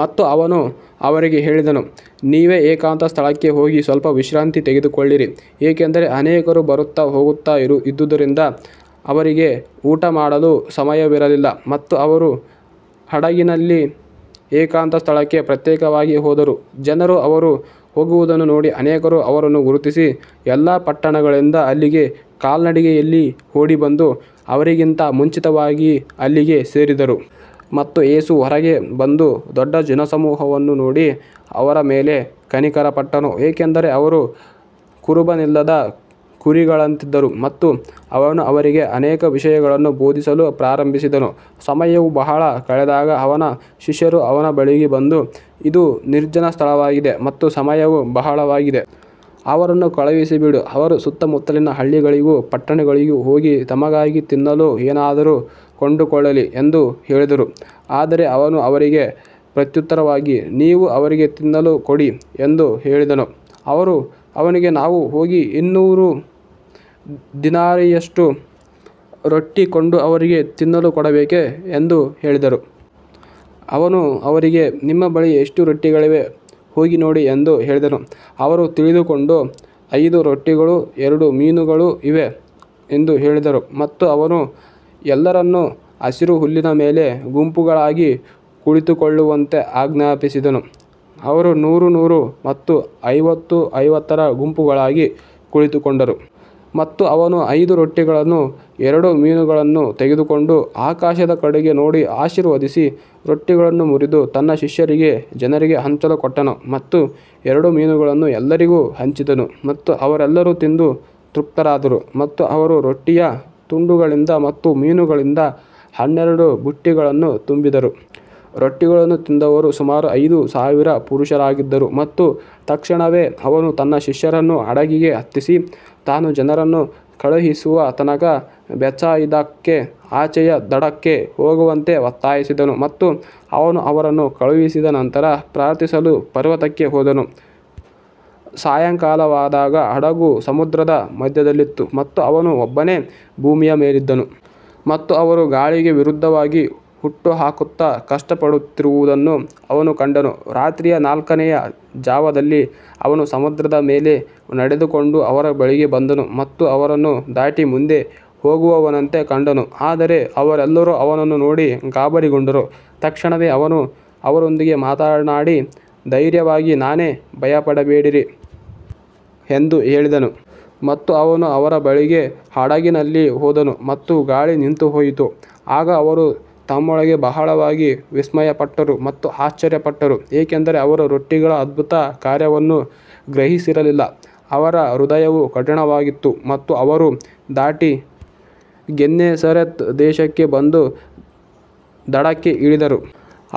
ಮತ್ತು ಅವನು ಅವರಿಗೆ ಹೇಳಿದನು, ನೀವೇ ಏಕಾಂತ ಸ್ಥಳಕ್ಕೆ ಹೋಗಿ ಸ್ವಲ್ಪ ವಿಶ್ರಾಂತಿ ತೆಗೆದುಕೊಳ್ಳಿರಿ, ಏಕೆಂದರೆ ಅನೇಕರು ಬರುತ್ತಾ ಹೋಗುತ್ತಾ ಇದ್ದುದರಿಂದ ಅವರಿಗೆ ಊಟಮಾಡಲೂ ಸಮಯವಿರಲಿಲ್ಲ. ಮತ್ತು ಅವರು ಹಡಗಿನಲ್ಲಿ ಏಕಾಂತ ಸ್ಥಳಕ್ಕೆ ಪ್ರತ್ಯೇಕವಾಗಿ ಹೋದರು. ಜನರು ಅವರು ಹೋಗುವುದನ್ನು ನೋಡಿ ಅನೇಕರು ಅವರನ್ನು ಗುರುತಿಸಿ, ಎಲ್ಲಾ ಪಟ್ಟಣಗಳಿಂದ ಅಲ್ಲಿಗೆ ಕಾಲ್ನಡಿಗೆಯಲ್ಲಿ ಓಡಿಬಂದು ಅವರಿಗಿಂತ ಮುಂಚಿತವಾಗಿ ಅಲ್ಲಿಗೆ ಸೇರಿದರು. ಮತ್ತು ಯೇಸು ಹೊರಗೆ ಬಂದು ದೊಡ್ಡ ಜನಸಮೂಹವನ್ನು ನೋಡಿ ಅವರ ಮೇಲೆ ಕನಿಕರಪಟ್ಟನು, ಏಕೆಂದರೆ ಅವರು ಕುರುಬನಿಲ್ಲದ ಕುರಿಗಳಂತಿದ್ದರು. ಮತ್ತು ಅವನು ಅವರಿಗೆ ಅನೇಕ ವಿಷಯಗಳನ್ನು ಬೋಧಿಸಲು ಪ್ರಾರಂಭಿಸಿದನು. ಸಮಯವು ಬಹಳ ಕಳೆದಾಗ ಅವನ ಶಿಷ್ಯರು ಅವನ ಬಳಿಗೆ ಬಂದು, ಇದು ನಿರ್ಜನ ಸ್ಥಳವಾಗಿದೆ ಮತ್ತು ಸಮಯವೂ ಬಹಳವಾಗಿದೆ. ಅವರನ್ನು ಕಳುಹಿಸಿಬಿಡು, ಅವರು ಸುತ್ತಮುತ್ತಲಿನ ಹಳ್ಳಿಗಳಿಗೂ ಪಟ್ಟಣಗಳಿಗೂ ಹೋಗಿ ತಮಗಾಗಿ ತಿನ್ನಲು ಏನಾದರೂ ಕೊಂಡುಕೊಳ್ಳಲಿ ಎಂದು ಹೇಳಿದರು. ಆದರೆ ಅವನು ಅವರಿಗೆ ಪ್ರತ್ಯುತ್ತರವಾಗಿ, ನೀವು ಅವರಿಗೆ ತಿನ್ನಲು ಕೊಡಿ ಎಂದು ಹೇಳಿದನು. ಅವರು ಅವನಿಗೆ, ನಾವು ಹೋಗಿ ಇನ್ನೂರು ದಿನಾರಿಯಷ್ಟು ರೊಟ್ಟಿ ಕೊಂಡು ಅವರಿಗೆ ತಿನ್ನಲು ಕೊಡಬೇಕೇ ಎಂದು ಹೇಳಿದರು. ಅವನು ಅವರಿಗೆ, ನಿಮ್ಮ ಬಳಿ ಎಷ್ಟು ರೊಟ್ಟಿಗಳಿವೆ, ಹೋಗಿ ನೋಡಿ ಎಂದು ಹೇಳಿದನು. ಅವರು ತಿಳಿದುಕೊಂಡು, ಐದು ರೊಟ್ಟಿಗಳೂ ಎರಡು ಮೀನುಗಳೂ ಇವೆ ಎಂದು ಹೇಳಿದರು. ಮತ್ತು ಅವನು ಎಲ್ಲರನ್ನೂ ಹಸಿರು ಹುಲ್ಲಿನ ಮೇಲೆ ಗುಂಪುಗಳಾಗಿ ಕುಳಿತುಕೊಳ್ಳುವಂತೆ ಆಜ್ಞಾಪಿಸಿದನು. ಅವರು ನೂರು ನೂರು ಮತ್ತು ಐವತ್ತು ಐವತ್ತರ ಗುಂಪುಗಳಾಗಿ ಕುಳಿತುಕೊಂಡರು. ಮತ್ತು ಅವನು ಐದು ರೊಟ್ಟಿಗಳನ್ನೂ ಎರಡು ಮೀನುಗಳನ್ನೂ ತೆಗೆದುಕೊಂಡು ಆಕಾಶದ ಕಡೆಗೆ ನೋಡಿ ಆಶೀರ್ವದಿಸಿ ರೊಟ್ಟಿಗಳನ್ನು ಮುರಿದು ತನ್ನ ಶಿಷ್ಯರಿಗೆ ಜನರಿಗೆ ಹಂಚಲು ಕೊಟ್ಟನು. ಮತ್ತು ಎರಡು ಮೀನುಗಳನ್ನೂ ಎಲ್ಲರಿಗೂ ಹಂಚಿದನು. ಮತ್ತು ಅವರೆಲ್ಲರೂ ತಿಂದು ತೃಪ್ತರಾದರು. ಮತ್ತು ಅವರು ರೊಟ್ಟಿಯ ತುಂಡುಗಳಿಂದ ಮತ್ತು ಮೀನುಗಳಿಂದ ಹನ್ನೆರಡು ಬುಟ್ಟಿಗಳನ್ನು ತುಂಬಿದರು. ರೊಟ್ಟಿಗಳನ್ನು ತಿಂದವರು ಸುಮಾರು ಐದು ಸಾವಿರ ಪುರುಷರಾಗಿದ್ದರು. ಮತ್ತು ತಕ್ಷಣವೇ ಅವನು ತನ್ನ ಶಿಷ್ಯರನ್ನು ಹಡಗಿಗೆ ಹತ್ತಿಸಿ, ತಾನು ಜನರನ್ನು ಕಳುಹಿಸುವ ತನಕ ಬೇತ್ಸಾಯಿದಾಕ್ಕೆ ಆಚೆಯ ದಡಕ್ಕೆ ಹೋಗುವಂತೆ ಒತ್ತಾಯಿಸಿದನು. ಮತ್ತು ಅವನು ಅವರನ್ನು ಕಳುಹಿಸಿದ ನಂತರ ಪ್ರಾರ್ಥಿಸಲು ಪರ್ವತಕ್ಕೆ ಹೋದನು. ಸಾಯಂಕಾಲವಾದಾಗ ಹಡಗು ಸಮುದ್ರದ ಮಧ್ಯದಲ್ಲಿತ್ತು ಮತ್ತು ಅವನು ಒಬ್ಬನೇ ಭೂಮಿಯ ಮೇಲಿದ್ದನು. ಮತ್ತು ಅವರು ಗಾಳಿಗೆ ವಿರುದ್ಧವಾಗಿ ಹುಟ್ಟುಹಾಕುತ್ತಾ ಕಷ್ಟಪಡುತ್ತಿರುವುದನ್ನು ಅವನು ಕಂಡನು. ರಾತ್ರಿಯ ನಾಲ್ಕನೆಯ ಜಾವದಲ್ಲಿ ಅವನು ಸಮುದ್ರದ ಮೇಲೆ ನಡೆದುಕೊಂಡು ಅವರ ಬಳಿಗೆ ಬಂದನು ಮತ್ತು ಅವರನ್ನು ದಾಟಿ ಮುಂದೆ ಹೋಗುವವನಂತೆ ಕಂಡನು. ಆದರೆ ಅವರೆಲ್ಲರೂ ಅವನನ್ನು ನೋಡಿ ಗಾಬರಿಗೊಂಡರು. ತಕ್ಷಣವೇ ಅವನು ಅವರೊಂದಿಗೆ ಮಾತನಾಡಿ, ಧೈರ್ಯವಾಗಿರಿ, ನಾನೇ, ಭಯಪಡಬೇಡಿರಿ ಎಂದು ಹೇಳಿದನು. ಮತ್ತು ಅವನು ಅವರ ಬಳಿಗೆ ಹಡಗಿನಲ್ಲಿ ಹೋದನು ಮತ್ತು ಗಾಳಿ ನಿಂತುಹೋಯಿತು. ಆಗ ಅವರು ತಮ್ಮೊಳಗೆ ಬಹಳವಾಗಿ ವಿಸ್ಮಯಪಟ್ಟರು ಮತ್ತು ಆಶ್ಚರ್ಯಪಟ್ಟರು. ಏಕೆಂದರೆ ಅವರು ರೊಟ್ಟಿಗಳ ಅದ್ಭುತ ಕಾರ್ಯವನ್ನು ಗ್ರಹಿಸಿರಲಿಲ್ಲ, ಅವರ ಹೃದಯವು ಕಠಿಣವಾಗಿತ್ತು. ಮತ್ತು ಅವರು ದಾಟಿ ಗೆನ್ನೆಸರೆತ್ ದೇಶಕ್ಕೆ ಬಂದು ದಡಕ್ಕೆ ಇಳಿದರು.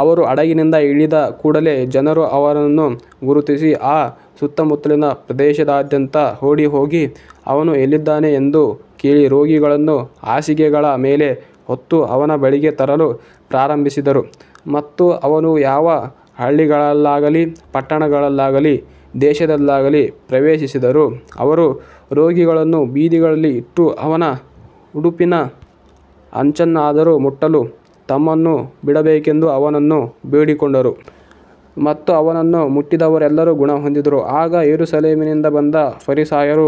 ಅವರು ಹಡಗಿನಿಂದ ಇಳಿದ ಕೂಡಲೆ ಜನರು ಅವನನ್ನು ಗುರುತಿಸಿ ಆ ಸುತ್ತಮುತ್ತಲಿನ ಪ್ರದೇಶದಾದ್ಯಂತ ಓಡಿಹೋಗಿ, ಅವನು ಎಲ್ಲಿದ್ದಾನೆ ಎಂದು ಕೇಳಿ, ರೋಗಿಗಳನ್ನು ಹಾಸಿಗೆಗಳ ಮೇಲೆ ಹೊತ್ತು ಅವನ ಬಳಿಗೆ ತರಲು ಪ್ರಾರಂಭಿಸಿದರು. ಮತ್ತು ಅವನು ಯಾವ ಹಳ್ಳಿಗಳಲ್ಲಾಗಲಿ ಪಟ್ಟಣಗಳಲ್ಲಾಗಲಿ ದೇಶದಲ್ಲಾಗಲಿ ಪ್ರವೇಶಿಸಿದರೂ, ಅವರು ರೋಗಿಗಳನ್ನು ಬೀದಿಗಳಲ್ಲಿ ಇಟ್ಟು, ಅವನ ಉಡುಪಿನ ಅಂಚನ್ನಾದರೂ ಮುಟ್ಟಲು ತಮ್ಮನ್ನು ಬಿಡಬೇಕೆಂದು ಅವನನ್ನು ಬೇಡಿಕೊಂಡರು. ಮತ್ತು ಅವನನ್ನು ಮುಟ್ಟಿದವರೆಲ್ಲರೂ ಗುಣಹೊಂದಿದರು. ಆಗ ಯೆರೂಸಲೇಮಿನಿಂದ ಬಂದ ಫರಿಸಾಯರೂ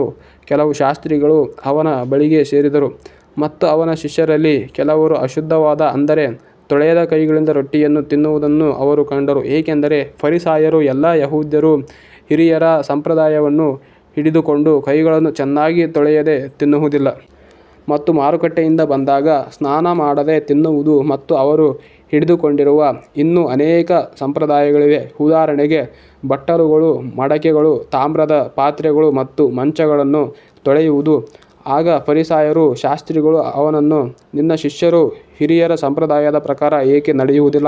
ಕೆಲವು ಶಾಸ್ತ್ರಿಗಳೂ ಅವನ ಬಳಿಗೆ ಸೇರಿದರು. ಮತ್ತು ಅವನ ಶಿಷ್ಯರಲ್ಲಿ ಕೆಲವರು ಅಶುದ್ಧವಾದ, ಅಂದರೆ ತೊಳೆಯದ ಕೈಗಳಿಂದ ರೊಟ್ಟಿಯನ್ನು ತಿನ್ನುವುದನ್ನು ಅವರು ಕಂಡರು. ಏಕೆಂದರೆ ಫರಿಸಾಯರೂ ಎಲ್ಲಾ ಯೆಹೂದ್ಯರೂ ಹಿರಿಯರ ಸಂಪ್ರದಾಯವನ್ನು ಹಿಡಿದುಕೊಂಡು, ಕೈಗಳನ್ನು ಚೆನ್ನಾಗಿ ತೊಳೆಯದೆ ತಿನ್ನುವುದಿಲ್ಲ. ಮತ್ತು ಮಾರುಕಟ್ಟೆಯಿಂದ ಬಂದಾಗ ಸ್ನಾನಮಾಡದೆ ತಿನ್ನುವುದಿಲ್ಲ. ಮತ್ತು ಅವರು ಹಿಡಿದುಕೊಂಡಿರುವ ಇನ್ನೂ ಅನೇಕ ಸಂಪ್ರದಾಯಗಳಿವೆ, ಉದಾಹರಣೆಗೆ ಬಟ್ಟಲುಗಳು, ಮಡಕೆಗಳು, ತಾಮ್ರದ ಪಾತ್ರೆಗಳು ಮತ್ತು ಮಂಚಗಳನ್ನು ತೊಳೆಯುವುದು. ಆಗ ಫರಿಸಾಯರೂ ಶಾಸ್ತ್ರಿಗಳೂ ಅವನನ್ನು, ನಿನ್ನ ಶಿಷ್ಯರು ಹಿರಿಯರ ಸಂಪ್ರದಾಯದ ಪ್ರಕಾರ ಏಕೆ ನಡೆಯುವುದಿಲ್ಲ,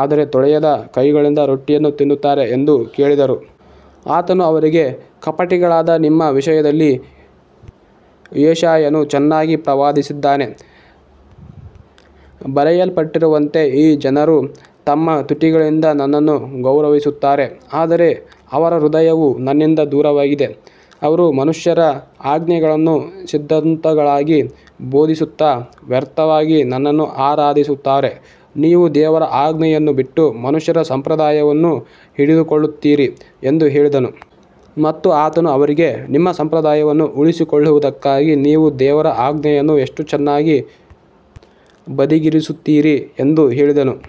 ಆದರೆ ತೊಳೆಯದ ಕೈಗಳಿಂದ ರೊಟ್ಟಿಯನ್ನು ತಿನ್ನುತ್ತಾರೆ ಎಂದು ಕೇಳಿದರು. ಆತನು ಅವರಿಗೆ, ಕಪಟಿಗಳಾದ ನಿಮ್ಮ ವಿಷಯದಲ್ಲಿ ಯೆಶಾಯನು ಚೆನ್ನಾಗಿ ಪ್ರವಾದಿಸಿದ್ದಾನೆ. ಬರೆಯಲ್ಪಟ್ಟಿರುವಂತೆ, ಈ ಜನರು ತಮ್ಮ ತುಟಿಗಳಿಂದ ನನ್ನನ್ನು ಗೌರವಿಸುತ್ತಾರೆ, ಆದರೆ ಅವರ ಹೃದಯವು ನನ್ನಿಂದ ದೂರವಾಗಿದೆ. ಅವರು ಮನುಷ್ಯರ ಆಜ್ಞೆಗಳನ್ನು ಸಿದ್ಧಾಂತಗಳಾಗಿ ಬೋಧಿಸುತ್ತಾ ವ್ಯರ್ಥವಾಗಿ ನನ್ನನ್ನು ಆರಾಧಿಸುತ್ತಾರೆ. ನೀವು ದೇವರ ಆಜ್ಞೆಯನ್ನು ಬಿಟ್ಟು ಮನುಷ್ಯರ ಸಂಪ್ರದಾಯವನ್ನು ಹಿಡಿದುಕೊಳ್ಳುತ್ತೀರಿ ಎಂದು ಹೇಳಿದನು. ಮತ್ತು ಆತನು ಅವರಿಗೆ, ನಿಮ್ಮ ಸಂಪ್ರದಾಯವನ್ನು ಉಳಿಸಿಕೊಳ್ಳುವುದಕ್ಕಾಗಿ ನೀವು ದೇವರ ಆಜ್ಞೆಯನ್ನು ಎಷ್ಟು ಚೆನ್ನಾಗಿ ಬದಿಗಿರಿಸುತ್ತೀರಿ ಎಂದು ಹೇಳಿದನು.